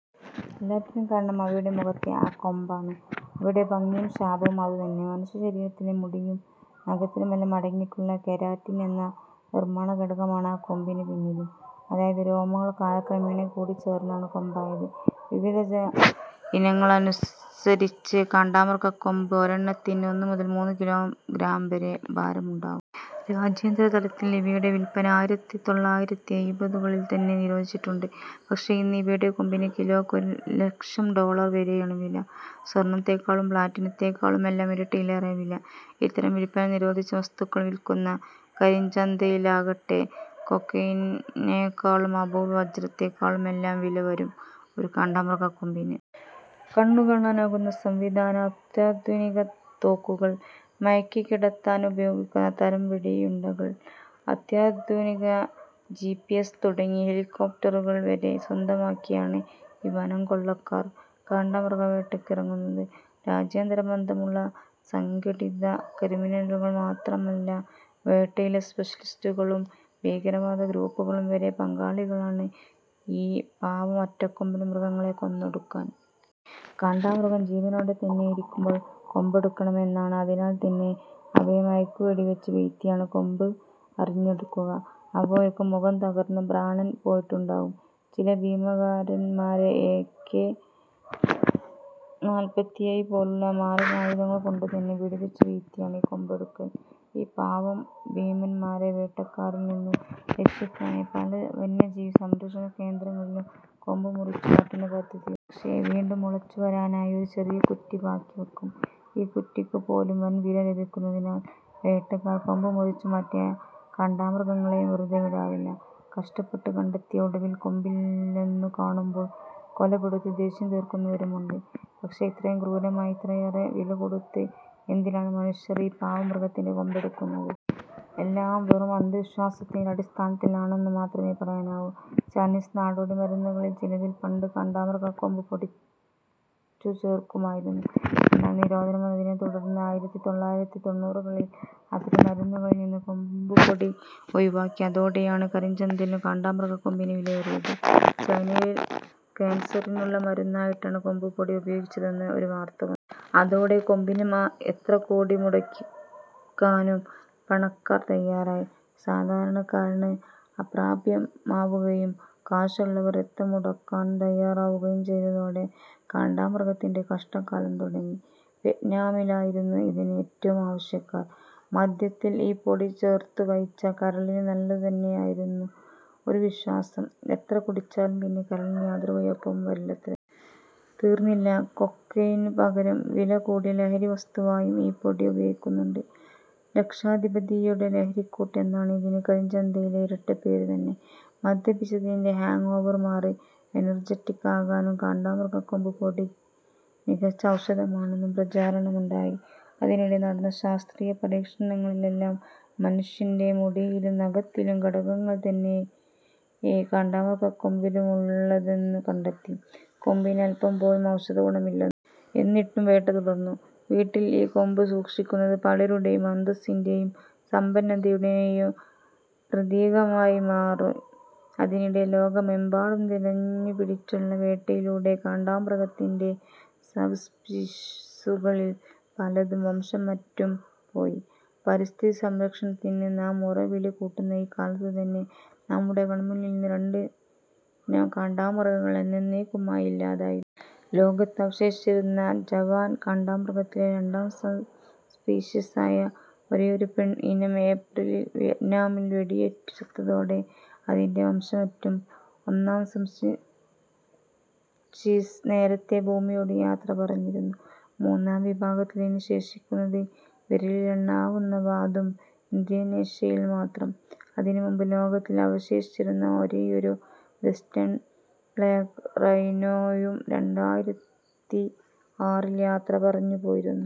എല്ലാറ്റിനും കാരണം അവയുടെ മുഖത്തെ ആ ' കൊമ്പാണ് '; അവയുടെ ഭംഗിയും ശാപവും അതു തന്നെ. മനുഷ്യ ശരീരത്തിലെ മുടിയിലും നഖത്തിലുമെല്ലാം അടങ്ങിയിട്ടുള്ള കെരാറ്റിൻ എന്ന നിർമാണഘടകമാണ് ആ കൊമ്പിനു പിന്നിലും. അതായത് രോമങ്ങൾ കാലക്രമേണ കൂടിച്ചേർന്നാണ് കൊമ്പായത്. വിവിധ ഇനങ്ങളനുസരിച്ച് കാണ്ടാമൃഗക്കൊമ്പ് ഒരെണ്ണത്തിന് ഒന്നു മുതൽ മൂന്നു കിലോഗ്രാം വരെ ഭാരമുണ്ടാകും. രാജ്യാന്തരതലത്തിൽ ഇവയുടെ വിൽപന ആയിരത്തിതൊള്ളായിരത്തിഎഴുപതുകളിൽത്തന്നെ നിരോധിച്ചിട്ടുണ്ട്. പക്ഷേ ഇന്ന് ഇവയുടെ കൊമ്പിന് കിലോയ്ക്ക് ഒരു ലക്ഷം ഡോളർ വരെയാണു വില. സ്വർണത്തേക്കാളും പ്ലാറ്റിനത്തെക്കാളുമെല്ലാം ഇരട്ടിയിലേറെ വില. ഇത്തരം വിൽപന നിരോധിച്ച വസ്തുക്കൾ വിൽക്കുന്ന ' കരിഞ്ചന്ത'യിലാകട്ടെ കൊക്കെയ്നെക്കാളും അപൂർവ വജ്രത്തെക്കാളുമെല്ലാം വില വരും ഒരു കാണ്ടാമൃഗക്കൊമ്പിന്. കണ്ണുകാണാനാകുന്ന സംവിധാനം, അത്യാധുനിക തോക്കുകൾ, മയക്കിക്കിടത്താനുപയോഗിക്കുന്ന തരം വെടിയുണ്ടകൾ, അത്യാധുനിക ജിപിഎസ് തുടങ്ങി ഹെലികോപ്റ്ററുകൾ വരെ സ്വന്തമാക്കിയാണ് ഈ വനംകൊള്ളക്കാർ കാണ്ടാമൃഗവേട്ടയ്ക്കിറങ്ങുന്നത്. രാജ്യാന്തര ബന്ധമുള്ള സംഘടിത ക്രിമിനലുകൾ മാത്രമല്ല, വേട്ടയിലെ സ്പെഷലിസ്റ്റുകളും ഭീകരവാദ ഗ്രൂപ്പുകളും വരെ പങ്കാളികളാണ് ഈ പാവം ' ഒറ്റക്കൊമ്പൻ ' മൃഗങ്ങളെ കൊന്നൊടുക്കാൻ. കാണ്ടാമൃഗം ജീവനോടെ തന്നെയിരിക്കുമ്പോൾ കൊമ്പെടുക്കണമെന്നാണ്. അതിനാൽത്തന്നെ അവയെ മയക്കുവെടി വച്ചു വീഴ്ത്തിയാണ് കൊമ്പ് അറുത്തെടുക്കുക. അപ്പോഴേക്കും മുഖം തകർന്ന് പ്രാണൻ പോയിട്ടുണ്ടാകും. ചില ഭീമാകാരന്മാരെ എകെ നാല്പത്തിയേഴു പോലുള്ള മാരകായുധങ്ങൾ കൊണ്ടു തന്നെ വെടിവച്ചു വീഴ്ത്തിയാണ് കൊമ്പെടുക്കൽ. ഈ പാവം ' ഭീമന്മാരെ ' വേട്ടക്കാരിൽ നിന്ന് രക്ഷിക്കാനായി പല വന്യജീവി സംരക്ഷണ കേന്ദ്രങ്ങളിലും കൊമ്പ് മുറിച്ചുമാറ്റുന്ന പദ്ധതിയുണ്ട്. പക്ഷേ വീണ്ടും മുളച്ചു വരാനായി ഒരു ചെറിയ ' കുറ്റി ' ബാക്കി വയ്ക്കും. ഈ കുറ്റിക്കു പോലും വൻവില ലഭിക്കുന്നതിനാൽ വേട്ടക്കാർ കൊമ്പ് മുറിച്ചുമാറ്റിയ കാണ്ടാമൃഗങ്ങളെയും വെറുതെവിടാറില്ല. കഷ്ടപ്പെട്ട് കണ്ടെത്തി ഒടുവിൽ കൊമ്പില്ലെന്നു കാണുമ്പോൾ കൊലപ്പെടുത്തി ദേഷ്യം തീർക്കുന്നവരുമുണ്ട്. പക്ഷേ ഇത്രയും ക്രൂരമായി, ഇത്രയേറെ വില കൊടുത്ത് എന്തിനാണ് മനുഷ്യർ ഈ പാവം മൃഗത്തിന്റെ കൊമ്പെടുക്കുന്നത്? എല്ലാം വെറും അന്ധവിശ്വാസത്തിന്റെ അടിസ്ഥാനത്തിലാണെന്നു മാത്രമേ പറയാനാകൂ. ചൈനീസ് നാടോടിമരുന്നുകളിൽ ചിലതിൽ പണ്ട് കാണ്ടാമൃഗക്കൊമ്പ് പൊടിച്ചു ചേർക്കുമായിരുന്നു. എന്നാല് നിരോധനം വന്നതിനെത്തുടർന്ന്ആയിരത്തിതൊള്ളായിരത്തിത്തൊണ്ണൂറുകളിൽ അത്തരം മരുന്നുകളിൽ നിന്ന് ' കൊമ്പുപൊടി ' ഒഴിവാക്കി. അതോടെയാണ് കരിഞ്ചന്തയിൽ കാണ്ടാമൃഗക്കൊമ്പിന് വിലയേറിയത്. ചൈനയിൽ കാൻസറിനുള്ള മരുന്നായിട്ടാണ് കൊമ്പുപൊടി ഉപയോഗിച്ചതെന്ന് ഒരു വാർത്ത വന്നു. അതോടെ കൊമ്പിന് എത്ര കോടി മുടക്കാനും പണക്കാർ തയാറായി. സാധാരണക്കാരന് അപ്രാപ്യമാവുകയും കാശുള്ളവർ എത്ര മുടക്കാനും തയാറാവുകയും ചെയ്തതോടെ കാണ്ടാമൃഗത്തിന്റെ കഷ്ടകാലം തുടങ്ങി. വിയറ്റ്നാമിലായിരുന്നു ഇതിന് ഏറ്റവും ആവശ്യക്കാർ. മദ്യത്തിൽ ഈ പൊടി ചേർത്തു കഴിച്ചാൽ കരളിനു നല്ലതെന്നായിരുന്നു ഒരു വിശ്വാസം. എത്ര കുടിച്ചാലും പിന്നെ കരളിന് യാതൊരു കുഴപ്പവും വരില്ലത്രേ! തീർന്നില്ല, കൊക്കെയ്നു പകരം വില കൂടിയ ലഹരി വസ്തുവായും ഈ പൊടി ഉപയോഗിക്കുന്നുണ്ട്. ' ലക്ഷാധിപതിയുടെ ലഹരിക്കൂട്ട് ' എന്നാണ് ഇതിന് കരിഞ്ചന്തയിലെ ഇരട്ടപ്പേരു തന്നെ. മദ്യപിച്ചതിന്റെ ഹാങ് ഓവർ മാറി ' എനർജറ്റിക് ' ആകാനും കാണ്ടാമൃഗക്കൊമ്പ് പൊടി മികച്ച ഔഷധമാണെന്നും പ്രചാരണമുണ്ടായി. അതിനിടെ നടന്ന ശാസ്ത്രീയ പരീക്ഷണങ്ങളിലെല്ലാം മനുഷ്യന്റെ മുടിയിലും നഖത്തിലുമുള്ള ഘടകങ്ങൾ തന്നെയേ കാണ്ടാമൃഗക്കൊമ്പിലുമുള്ളതെന്നു കണ്ടെത്തി, കൊമ്പിന് അൽപം പോലും ഔഷധഗുണമില്ലെന്നും. എന്നിട്ടും വേട്ട തുടർന്നു. വീട്ടിൽ ഈ കൊമ്പ് സൂക്ഷിക്കുന്നത് പലരുടെയും അന്തസ്സിന്റെയും സമ്പന്നതയുടെയും പ്രതീകമായും മാറി. അതിനിടെ ലോകമെമ്പാടും തിരഞ്ഞുപിടിച്ചുള്ള വേട്ടയിലൂടെ കാണ്ടാമൃഗത്തിന്റെ സബ്സ്പീഷീസുകളിൽ പലതും വംശമറ്റും പോയി. പരിസ്ഥിതി സംരക്ഷണത്തിന് നാം മുറവിളി കൂട്ടുന്ന ഈ കാലത്തു തന്നെ നമ്മുടെ കണ്മുന്നിൽ നിന്ന് രണ്ടിനം കാണ്ടാമൃഗങ്ങൾ എന്നന്നേക്കുമായി ഇല്ലാതായിരുന്നു. ലോകത്ത് അവശേഷിച്ചിരുന്ന'ജാവൻ കാണ്ടാമൃഗ'ത്തിലെ രണ്ടാം സബ് സ്പീഷീസ് ആയ ഒരേയൊരു പെൺ ഇനം ഏപ്രിലിൽ വിയ്റ്റ്നാമിൽ വെടിയേറ്റു ചത്തതോടെ അതിന്റെ വംശമറ്റു. ഒന്നാം സബ്സ്പീഷീസ് നേരത്തേ ഭൂമിയോടു യാത്ര പറഞ്ഞിരുന്നു. മൂന്നാം വിഭാഗത്തിൽ ഇനി ശേഷിക്കുന്നത് വിരലിലെണ്ണാവുന്നവ, അതും ഇന്തൊനീഷ്യയിൽ മാത്രം. അതിനു മുൻപ് ലോകത്തിൽ അവശേഷിച്ചിരുന്ന ഒരേയൊരു ' വെസ്റ്റേൺ ബ്ലാക് റൈനോ'യും രണ്ടായിരത്തിആറിൽ യാത്ര പറഞ്ഞു പോയിരുന്നു.